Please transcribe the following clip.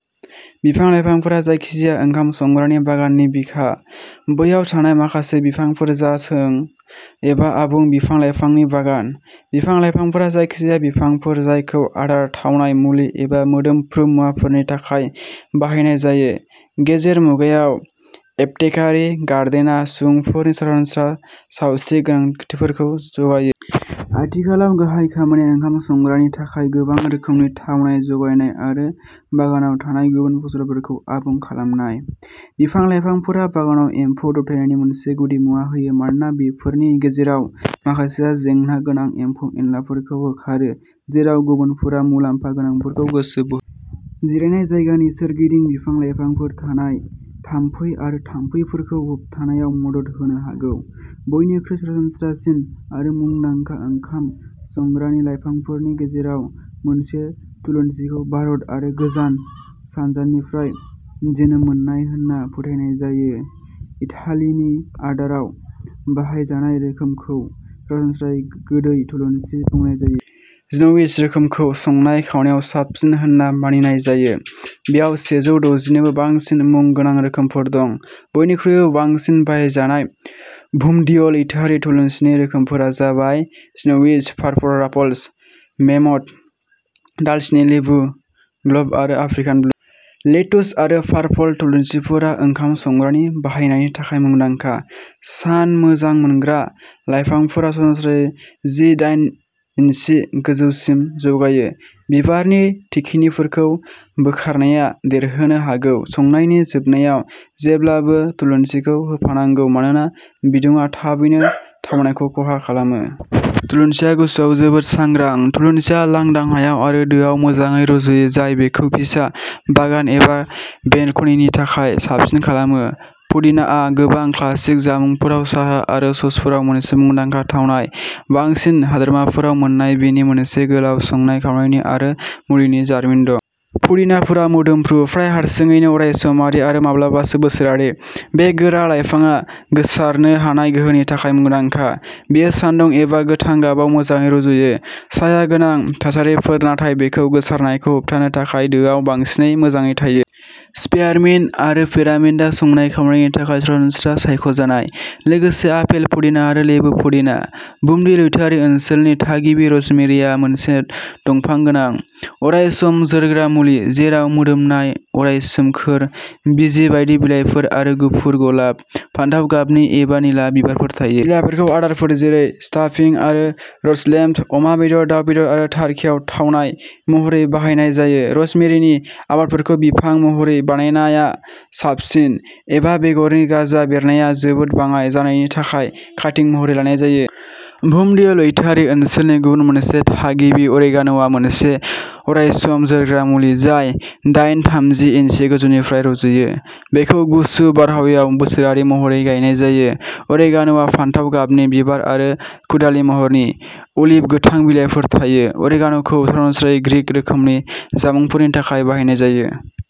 बिफां लाइफांफोरा जायखिजाया ओंखाम संग्रानि बागाननि बिखा, बैयाव थानाय माखासे बिफांफोर जाथों एबा आबुं बिफां लाइफांनि बागान। बिफां लाइफांफोरा जायखिजाया बिफांफोर जायखौ आदार, थावनाय, मुलि एबा मोदोमफ्रु मुवाफोरनि थाखाय बाहायनाय जायो। गेजेर मुगायाव एपथेकारि गार्डेना सुबुंफोरनि सरासनस्रा सावस्रि गोनांथिफोरखौ जगायो। आथिखालाव गाहाय खामानिया ओंखाम संग्रानि थाखाय गोबां रोखोमनि थावनाय जगायनाय आरो बागानाव थानाय गुबुन फसलफोरखौ आबुं खालामनाय। बिफां लाइफांफोरा बागानाव एमफौ दबथायनायनि मोनसे गुदिमुवा होयो मानोना बेफोरनि गेजेराव माखासेआ जेंना गोनां एम्फौ एनलाफोरखौ होखारो, जेराव गुबुनफोरा मुलाम्फा गोनांफोरखौ गोसो बो। जिरायनाय जायगानि सोरगिदिं बिफां लाइफांफोर थानाया थाम्फै आरो थाम्फैफोरखौ होबथानायाव मदद होनो हागौ। बयनिख्रुइ सरासनस्रासिन आरो मुंदांखा ओंखाम संग्रानि लाइफांफोरनि गेजेराव मोनसे, थुलुनसिखौ भारत आरो गोजान सानजानिफ्राय जोनोम मोननाय होनना फोथायनाय जायो। इटालिनि आदाराव बाहायजानाय रोखोमखौ सरासनस्रायै गोदै थुलुनसि बुंनाय जायो। जिन'विज रोखोमखौ संनाय खावनायाव साबसिन होनना मानिनाय जायो। बेयाव सेजौ द'जि निबो बांसिन मुं गोनां रोखोमफोर दं। बयनिख्रुइबो बांसिन बाहायजानाय भुमध्य लैथोआरि थुलुनसिनि रोखोमफोरा जाबाय जिन'विज, पार्पल राफल्स, मेमथ, दालसिनि, लेबु, ग्लब आरो आफ्रिकान ब्लु। लेटुस आरो पार्पल थुलुनसिफोरा ओंखाम संग्रानि बाहायनायनि थाखाय मुंदांखा। सान मोजां मोनग्रा लाइफांफोरा सरासनस्रायै जि दाइन इन्सि गोजौसिम जौगायो। बिबारनि थिखिनिफोरखौ बोखारनाया देरहोनो हागौ। संनायनि जोबनायाव जेब्लाबो थुलुनसिखौ होफानांगौ मानोना बिदुंआ थाबैनो थावनायखौ खहा खालामो। थुलुनसिआ गुसुआव जोबोद सांग्रां। थुलुनसिआ लांदां हायाव आरो दोआव मोजाङै रज'यो, जाय बेखौ फिसा बागान एबा बेलकनिनि थाखाय साबसिन खालामो। पुदिनाआ गोबां क्लासिक जामुंफोराव, साहा आरो ससफोराव मोनसे मुंदांखा थावनाय। बांसिन हादोरमाफोराव मोन्नाय बेनि मोनसे गोलाव संनाय खावनायनि आरो मुलिनि जारिमिन दं। पुदिनाफोरा मोदोमफ्रु, प्राय हारसिङैनो अरायसमारि आरो माब्लाबासो बोसोरारि। बे गोरा लाइफांआ गोसारनो हानाय गोहोनि थाखाय मुंदांखा। बेयो सान्दुं एबा गोथां गाबाव मोजाङै रज'यो। साया गोनां थासारिफोर नाथाय बेखौ गोसारनायखौ होबथानो थाखाय दोआव बांसिन मोजाङै थायो। स्पियारमिन्ट आरो पेपारमिन्टआ संनाय खावनायनि थाखाय सरासनस्रा सायख'जानाय। लोगोसे आपेल पुदिना आरो लेबु पुदिना। भुमध्य लैथोआरि ओनसोलनि थागिबि, र'जमेरिआ मोनसे दंफां गोनां, अरायसम जोरग्रा मुलि, जेराव मोदोमनाय, अराय सोमखोर, बिजि बायदि बिलाइफोर आरो गुफुर, गलाब, फान्थाव गाबनि एबा निला बिबारफोर थायो। बिलाइफोरखौ आदारफोर जेरै स्टाफिं आरो र'स्ट लेम्ब, अमा बेदर, दाव बेदर आरो टार्किआव थावनाय महरै बाहायनाय जायो। र'जमेरिनि आबादफोरखौ बिफां महरै बायनाया साबसिन, एबा बेगरनि गाजा बेरनाया जोबोद बाङाइ जानायनि थाखाय काटिं महरै लानाय जायो। भुमध्य लैथोआरि ओनसोलनि गुबुन मोनसे थागिबि, अरेगान'आ मोनसे अरायसम जोरग्रा मुलि, जाय दाइन-थामजि इन्सि गोजौनिफ्राय रज'यो। बेखौ गुसु बारहावायाव बोसोरारि महरै गायनाय जायो। अरेगान'आव फान्थाव गाबनि बिबार आरो कुदालि महरनि, अलिभ गोथां बिलाइफोर थायो। अरेगान'खौ सरासनस्रायै ग्रिक रोखोमनि जामुंफोरनि थाखाय बाहायनाय जायो।